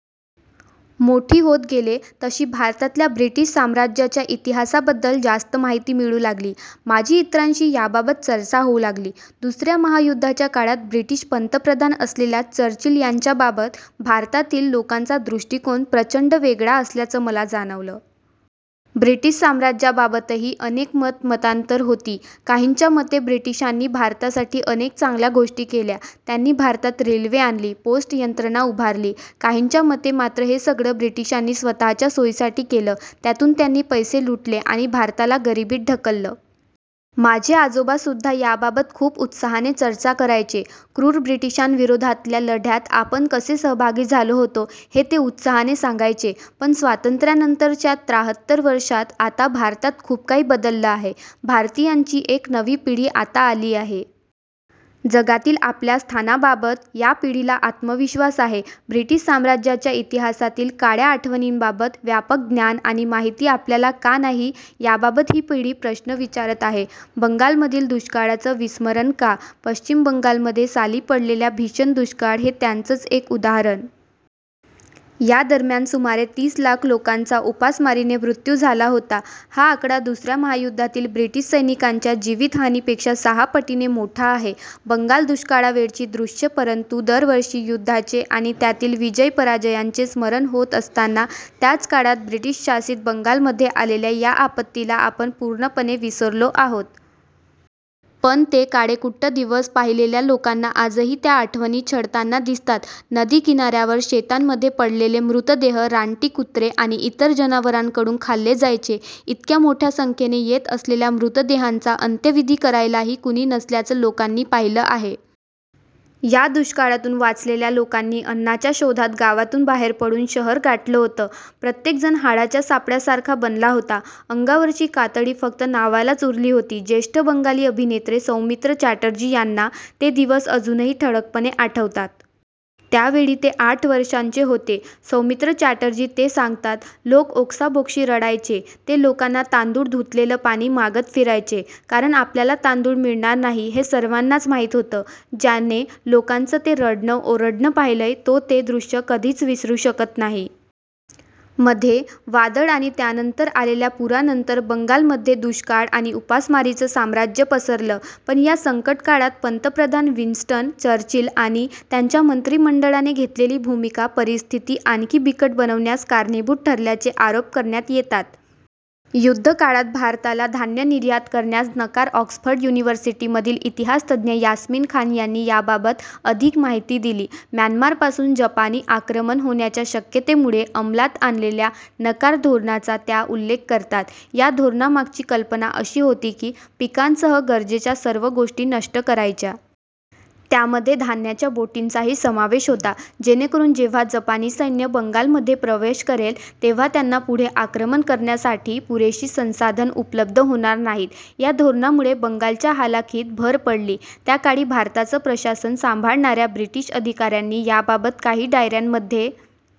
मोठी होत गेले, तशी भारतातल्या ब्रिटीश साम्राज्याच्या इतिहासाबद्दल जास्त माहिती मिळू लागली. माझी इतरांशी याबाबत चर्चा होऊ लागली. दुसऱ्या महायुद्धाच्या काळात ब्रिटीश पंतप्रधान असलेल्या चर्चिल यांच्याबाबत भारतातील लोकांचा दृष्टिकोन प्रचंड वेगळा असल्याचं मला जाणवलं. ब्रिटीश साम्राज्याबाबतही अनेक मतमतांतरं होती. काहींच्या मते, ब्रिटिशांनी भारतासाठी अनेक चांगल्या गोष्टी केल्या. त्यांनी भारतात रेल्वे आणली. पोस्ट यंत्रणा उभारली. काहींच्या मते मात्र हे सगळं ब्रिटिशांनी स्वतःच्या सोयीसाठी केलं. त्यातून त्यांनी पैसे लुटले आणि भारताला गरिबीत ढकललं. माझे आजोबासुद्धा याबाबत खूप उत्साहाने चर्चा करायचे. 'क्रूर ब्रिटिशां'विरोधातल्या लढ्यात आपण कसे सहभागी झालो होतो, हे ते उत्साहाने सांगायचे. पण स्वातंत्र्यानंतरच्या त्राहत्तर वर्षांत आता भारतात खूप काही बदललं आहे. भारतीयांची एक नवी पिढी आता आली आहे. जगातील आपल्या स्थानाबाबत या पिढीला आत्मविश्वास आहे. ब्रिटीश साम्राज्याच्या इतिहासातील काळ्या आठवणींबाबत व्यापक ज्ञान आणि माहिती आपल्याला का नाही, याबाबत ही पिढी प्रश्न विचारत आहे. बंगालमधील दुष्काळाचं विस्मरण का? पश्चिम बंगालमध्ये साली पडलेला भीषण दुष्काळ हे त्याचंच एक उदाहरण. या दरम्यान सुमारे तीस लाख लोकांचा उपासमारीने मृत्यू झाला होता. हा आकडा दुसऱ्या महायुद्धातील ब्रिटीश सैनिकांच्या जीवितहानीपेक्षा सहा पटीने मोठा आहे. बंगाल दुष्काळावेळची दृश्यं परंतु, दरवर्षी युद्धाचे आणि त्यातील विजय-पराजयांचे स्मरण होत असताना, त्याच काळात ब्रिटीशशासित बंगालमध्ये आलेल्या या आपत्तीला आपण पूर्णपणे विसरलो आहोत. पण ते काळेकुट्ट दिवस पाहिलेल्या लोकांना आजही त्या आठवणी छळताना दिसतात. नदी किनाऱ्यावर, शेतांमध्ये पडलेले मृतदेह रानटी कुत्रे आणि इतर जनावरांकडून खाल्ले जायचे. इतक्या मोठ्या संख्येने येत असलेल्या मृतदेहांचा अंत्यविधी करायलाही कुणी नसल्याचं लोकांनी पाहिलं आहे. या दुष्काळातून वाचलेल्या लोकांनी अन्नाच्या शोधात गावातून बाहेर पडून शहर गाठलं होतं. प्रत्येक जण हाडाच्या सापळ्यासारखा बनला होता. अंगावरची कातडी फक्त नावालाच उरली होती ज्येष्ठ बंगाली अभिनेते सौमित्र चॅटर्जी यांना ते दिवस अजूनही ठळकपणे आठवतात. त्यावेळी ते आठ वर्षांचे होते. सौमित्र चॅटर्जी ते सांगतात. लोक ओक्साबोक्शी रडायचे. ते लोकांना तांदूळ धुतलेलं पाणी मागत फिरायचे. कारण आपल्याला तांदूळ मिळणार नाही, हे सर्वांनाच माहीत होतं. ज्याने लोकांचं ते रडणं-ओरडणं पाहिलंय, तो ते दृश्य कधीच विसरू शकत नाही. मध्ये वादळ आणि त्यानंतर आलेल्या पुरानंतर बंगालमध्ये दुष्काळ आणि उपासमारीचं साम्राज्य पसरलं. पण या संकट काळात पंतप्रधान विन्स्टन चर्चिल आणि त्यांच्या मंत्रिमंडळाने घेतलेली भूमिका परिस्थिती आणखी बिकट बनवण्यास कारणीभूत ठरल्याचे आरोप करण्यात येतात. युद्धकाळात भारताला धान्य निर्यात करण्यास नकार ऑक्सफर्ड युनिव्हर्सिटीमधील इतिहास तज्ज्ञ यास्मीन खान यांनी याबाबत अधिक माहिती दिली. म्यानमारपासून जपानी आक्रमण होण्याच्या शक्यतेमुळे अंमलात आणलेल्या 'नकार धोरणा'चा त्या उल्लेख करतात. "या धोरणामागची कल्पना अशी होती की, पिकांसह गरजेच्या सर्व गोष्टी नष्ट करायच्या. त्यामध्ये धान्याच्या बोटींचाही समावेश होता. जेणेकरून जेव्हा जपानी सैन्य बंगालमध्ये प्रवेश करेल, तेव्हा त्यांना पुढे आक्रमण करण्यासाठी पुरेशी संसाधनं उपलब्ध होणार नाहीत. या धोरणामुळे बंगालच्या हालाखीत भर पडली. त्या काळी भारताचं प्रशासन सांभाळणाऱ्या ब्रिटीश अधिकाऱ्यांनी याबाबत काही डायऱ्यांमध्ये